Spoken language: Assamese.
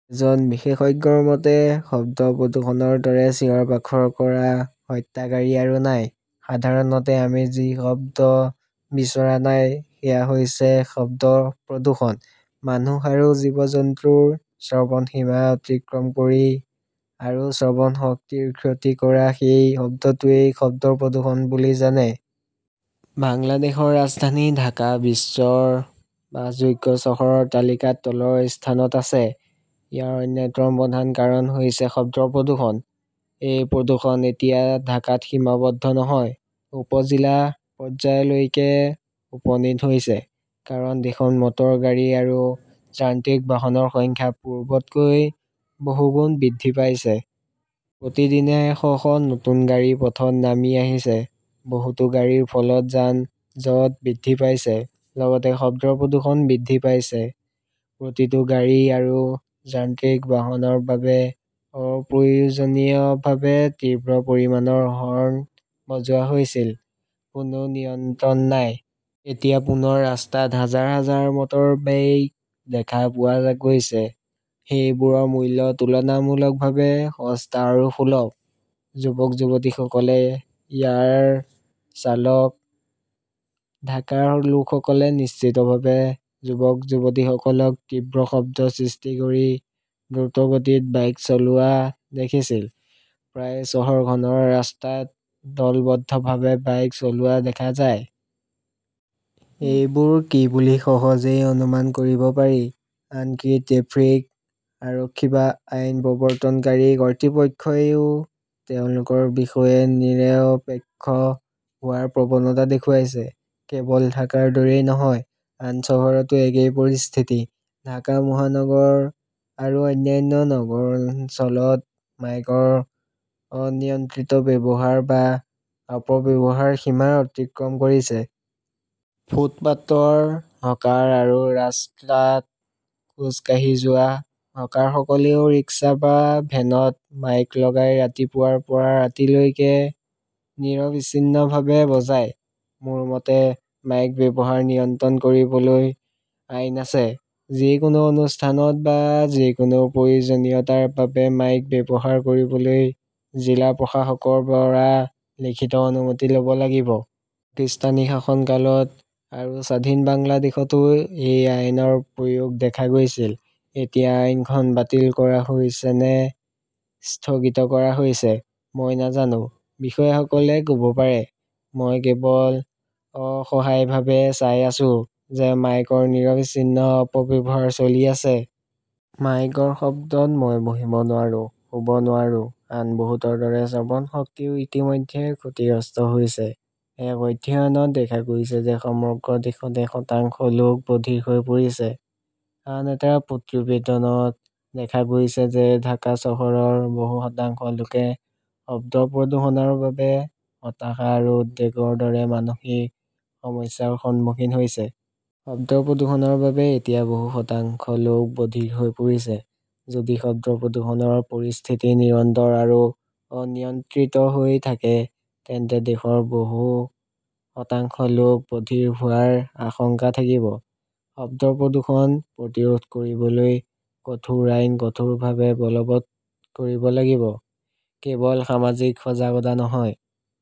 এজন বিশেষজ্ঞৰ মতে-'শব্দ প্ৰদূষণৰ দৰে চিঞৰ-বাখৰ কৰা হত্যাকাৰী আৰু নাই। সাধাৰণতে আমি যি শব্দ বিচৰা নাই সেয়া হৈছে শব্দ প্ৰদূষণ। মানুহ আৰু জীৱ-জন্তুৰ শ্ৰৱণ সীমা অতিক্ৰম কৰি আৰু শ্ৰৱণ শক্তিৰ ক্ষতি কৰা সেই শব্দটোৱেই শব্দ প্ৰদূষণ বুলি জানে। "বাংলাদেশৰ ৰাজধানী ঢাকা বিশ্বৰ বাসযোগ্য চহৰৰ তালিকাত তলৰ স্থানত আছে।"ইয়াৰ অন্যতম প্ৰধান কাৰণ হৈছে শব্দ প্ৰদূষণ। এই প্ৰদূষণ এতিয়া ঢাকাত সীমাবদ্ধ নহয়, উপ-জিলা পৰ্যায়লৈকে উপনীত হৈছে। কাৰণ দেশত মটৰ গাড়ী আৰু যান্ত্ৰিক বাহনৰ সংখ্যা পূৰ্বতকৈ বহুগুণ বৃদ্ধি পাইছে। প্ৰতিদিনে শ শ নতুন গাড়ী পথত নামি আহিছে। বহুতো গাড়ীৰ ফলত যান-জঁট বৃদ্ধি পাইছে, লগতে শব্দ প্ৰদূষণ বৃদ্ধি পাইছে। প্ৰতিটো গাড়ী আৰু যান্ত্ৰিক বাহনৰ বাবে-অপ্ৰয়োজনীয়ভাৱে তীব্ৰ পৰিমাণৰ হৰ্ণ বজোৱা হৈছিল। কোনো নিয়ন্ত্ৰণ নাই। এতিয়া পুনৰ ৰাস্তাত হাজাৰ হাজাৰ মটৰবাইক দেখা পোৱা গৈছে। সেইবোৰৰ মূল্য তুলনামূলকভাৱে সস্তা আৰু সুলভ। যুৱক-যুৱতীসকলে ইয়াৰ চালক। ঢাকাৰ লোকসকলে নিশ্চিতভাৱে যুৱক-যুৱতীসকলক তীব্ৰ শব্দ সৃষ্টি কৰি দ্ৰুতগতিত বাইক চলোৱা দেখিছিল। প্ৰায়ে চহৰখনৰ ৰাস্তাত দলবদ্ধভাৱে বাইক চলোৱা দেখা যায়। এইবোৰ কি বুলি সহজেই অনুমান কৰিব পাৰি। আনকি ট্ৰেফিক আৰক্ষী বা আইন প্ৰৱৰ্তনকাৰী কৰ্তৃপক্ষইও তেওঁলোকৰ বিষয়ে নিৰপেক্ষ হোৱাৰ প্ৰৱণতা দেখুৱাইছে। কেৱল ঢাকাৰ দৰেই নহয়, আন চহৰতো একেই পৰিস্থিতি। ঢাকা মহানগৰ আৰু অন্যান্য নগৰ অঞ্চলত মাইকৰ অনিয়ন্ত্ৰিত ব্যৱহাৰ বা অপব্যৱহাৰ সীমা অতিক্ৰম কৰিছে। ফুটপাতৰ হকাৰ আৰু ৰাস্তাত খোজ কাঢ়ি যোৱা হকাৰসকলেও ৰিক্সা বা ভেনত মাইক লগাই ৰাতিপুৱাৰ পৰা ৰাতি লৈকে নিৰবিচ্ছিন্নভাৱে বজায়। মোৰ মতে, মাইক ব্যৱহাৰ নিয়ন্ত্ৰণ কৰিবলৈ আইন আছে। যিকোনো অনুষ্ঠানত বা যিকোনো প্ৰয়োজনীয়তাৰ বাবে মাইক ব্যৱহাৰ কৰিবলৈ জিলা প্ৰশাসকৰ পৰা লিখিত অনুমতি ল'ব লাগিব। পাকিস্তানী শাসনকালত আৰু স্বাধীন বাংলাদেশতো এই আইনৰ প্ৰয়োগ দেখা গৈছিল। এতিয়া আইনখন বাতিল কৰা হৈছে নে স্থগিত কৰা হৈছে? মই নাজানো। বিষয়াসকলে ক'ব পাৰে। মই কেৱল অসহায়ভাৱে চাই আছো যে মাইকৰ নিৰবিচ্ছিন্ন অপব্যৱহাৰ চলি আছে। মাইকৰ শব্দত মই পঢ়িব নোৱাৰোঁ, শুব নোৱাৰোঁ। আন বহুতৰ দৰে শ্ৰৱণশক্তিও ইতিমধ্যে ক্ষতিগ্ৰস্ত হৈছে। এক অধ্যয়নত দেখা গৈছে যে সমগ্ৰ দেশতে শতাংশ লোক বধিৰ হৈ পৰিছে। আন এটা প্ৰতিবেদনত দেখা গৈছে যে ঢাকা চহৰৰ বহু শতাংশ লোকে শব্দ প্ৰদূষণৰ বাবে হতাশা আৰু উদ্বেগৰ দৰে মানসিক সমস্যাৰ সন্মুখীন হৈছে। শব্দ প্ৰদূষণৰ বাবে এতিয়া বহু শতাংশ লোক বধিৰ হৈ পৰিছে। যদি শব্দ প্ৰদূষণৰ পৰিস্থিতি নিৰন্তৰ আৰু অনিয়ন্ত্ৰিত হৈ থাকে, তেন্তে দেশৰ বহু শতাংশ লোক বধিৰ হোৱাৰ আশংকা থাকিব। শব্দ প্ৰদূষণ প্ৰতিৰোধ কৰিবলৈ কঠোৰ আইন কঠোৰভাৱে বলৱৎ কৰিব লাগিব, কেৱল সামাজিক সজাগতা নহয়।